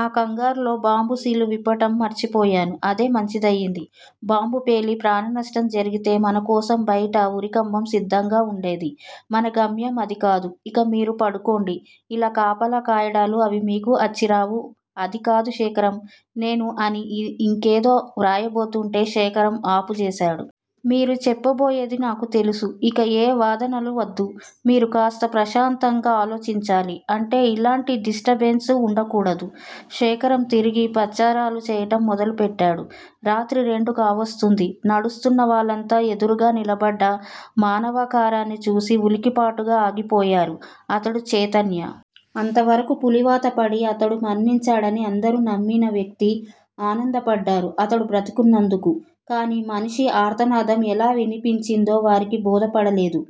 ఆ కంగారులో bomb seal విప్పటం మర్చిపోయాను. అదే మంచిదయ్యింది. బాంబు పేలి ప్రాణనష్టం జరిగితే మనకోసం బయట ఉరికంబం సిద్ధంగా వుండేది. మన గమ్యం అదికాదు. ఇంక మీరు పడుకోండి, ఇలా కాపలా కాయడాలూ అవీ మీకు అచ్చిరావు అదికాదు శేఖరం. నేనూ అని ఇంకేదో వ్రాయబోతూంటే శేఖరం ఆపుచేసాడు. మీరు చెప్పబోయేది నాకు తెలుసు. ఇక ఏ వాదనలూ వద్దు. మీరు కాస్త ప్రశాంతంగా ఆలోచించాలీ అంటే ఇలాటి డిస్ట్రబెన్స్ ఉండకూడదు. శేఖరం తిరిగి పచార్లు చెయ్యటం మొదలుపెట్టాడు. రాత్రి రెండు కావస్తూంది. నడుస్తున్న వాళ్ళంతా ఎదురుగా నిలబడ్డ మానవాకారాన్ని చూసి ఉలికిపాటుగా ఆగిపోయారు. అతడు చైతన్య. అంతవరకూ పులివాత పడి అతడు మరణించాడని అందరూ నమ్మిన వ్యక్తి. ఆనందపడ్డారు అతడు బ్రతికున్నందుకు. కాని మనిషి ఆర్తనాదం ఎలా వినిపించిందో వారికి బోధపడలేదు.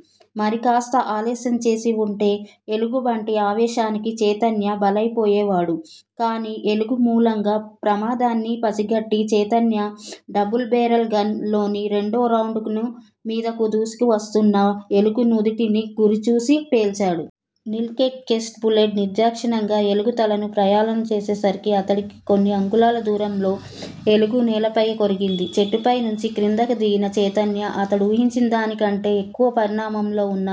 మరికాస్త ఆలస్యంచేసి ఉంటే ఎలుగుబంటి ఆవేశానికి చైతన్య బలయిపోయేవాడే. కాని ఎలుగుమూలంగా ప్రమాదాన్ని పసిగట్టిన చైతన్య డబుల్ బేరల్ గన్ లోని రెండో రౌండ్ ను మీదకు దూసుకువస్తున్న ఎలుగు నుదుటిని గురిచూసి పేల్చాడు. నికెల్ కేస్ట్ బులెట్ నిర్దాక్షిణ్యంగా ఎలుగు తలను వ్రయ్యలు చేసేసరికి అతడికి కొన్ని అంగుళాల దూరంలో ఎలుగు నేలపై కొరిగింది. చెట్టుపై నుంచి క్రిందకు దిగిన చైతన్య అతడూహించిన దానికంటే ఎక్కువ పరిమాణంలో వున్న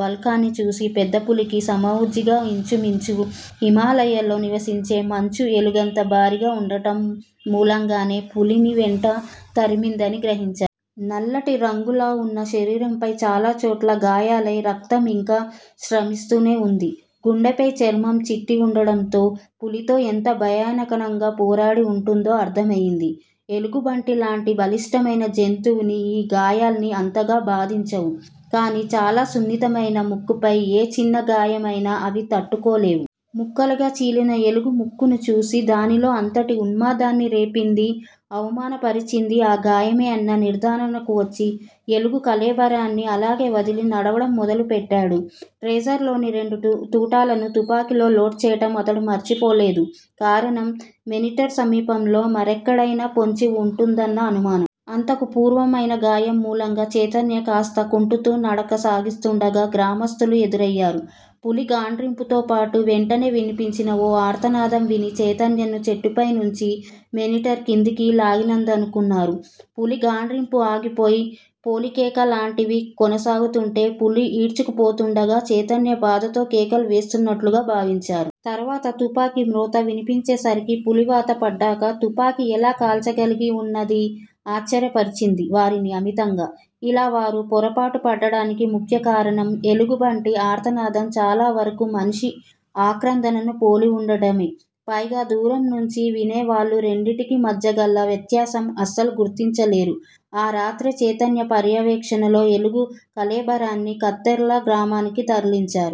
భల్లూకాన్ని చూసి పెద్దపులికి సమఉజ్జీగా ఇంచుమించు హిమాలయాల్లో నివసించే మంచు ఎలుగంత భారీగా ఉండటం మూలంగానే పులిని వెంట తరిమిందని గ్రహించాడు. నల్లటి రగ్గులావున్న శరీరంపై చాలాచోట్ల గాయాలై రక్తం ఇంకా స్రవిస్తూనే వుంది. గుండెపై చర్మం చిట్లి ఉండడంతో పులితో ఎంత భయానకంగా పోరాడి ఉంటుందో అర్ధమయింది. ఎలుగుబంటిలాంటి బలిష్టమైన జంతువుని ఈ గాయాలన్నీ అంతగా బాధించవు. కాని చాలా సున్నితమైన ముక్కుపై ఏ చిన్న గాయాన్నైనా అవి తట్టుకోలేవు. ముక్కలుగా చీలిన ఎలుగు ముక్కును చూసి దానిలో అంతటి ఉన్మాదాన్ని రేపింది. అవమానపరిచింది ఆ గాయమే అన్న నిర్ధారణకు వచ్చి ఎలుగు కళేబరాన్ని అలాగేవదిలి నడవడం మొదలుపెట్టాడు. ట్రౌజర్ లోని రెండు తూటాల్ని తుపాకీలో లోడ్ చేయడం అతడు మరిచిపోలేదు. కారణం_మేనీటర్ సమీపంలో మరెక్కడయినా పొంచి ఉంటుందన్న అనుమానం. అంతకు పూర్వమైన గాయం మూలంగా చైతన్య కాస్త కుంటుతూ నడక సాగిస్తుండగా గ్రామస్థులు ఎదురయ్యారు. పులి గాండ్రింపుతోపాటు వెంటనే వినిపించిన ఓ ఆర్తనాదం విని చైతన్యను చెట్టుపై నుంచి మేనీటర్ కిందికి లాగిందనుకున్నారు. పులి గాండ్రింపు ఆగిపోయి పొలికేక లాంటిది కొనసాగుతుంటే పులి ఈడ్చుకుపోతుండగా చైతన్య బాధతో కేకలు వేస్తున్నట్టు భావించారు. తర్వాత తుపాకీ మ్రోత వినిపించేసరికి పులివాత పడ్డాక తుపాకీ ఎలా కాల్చగలిగా డన్నది ఆశ్చర్యపరిచింది వారిని అమితంగా. ఇలా వారు పొరపాటుపడ్డానికి ముఖ్యకారణం_ఎలుగుబంటి ఆర్తనాదం చాలావరకు మనిషి ఆక్రందనను పోలివుండడమే. పైగా దూరం నుంచి వినేవాళ్ళు రెండిటికి మధ్యగల వ్యత్యాసం అసలు గుర్తించలేరు. ఆ రాత్రే చైతన్య పర్యవేక్షణలో ఎలుగు కళేబరాన్ని కతెర్ల గ్రామానికి తరలించారు.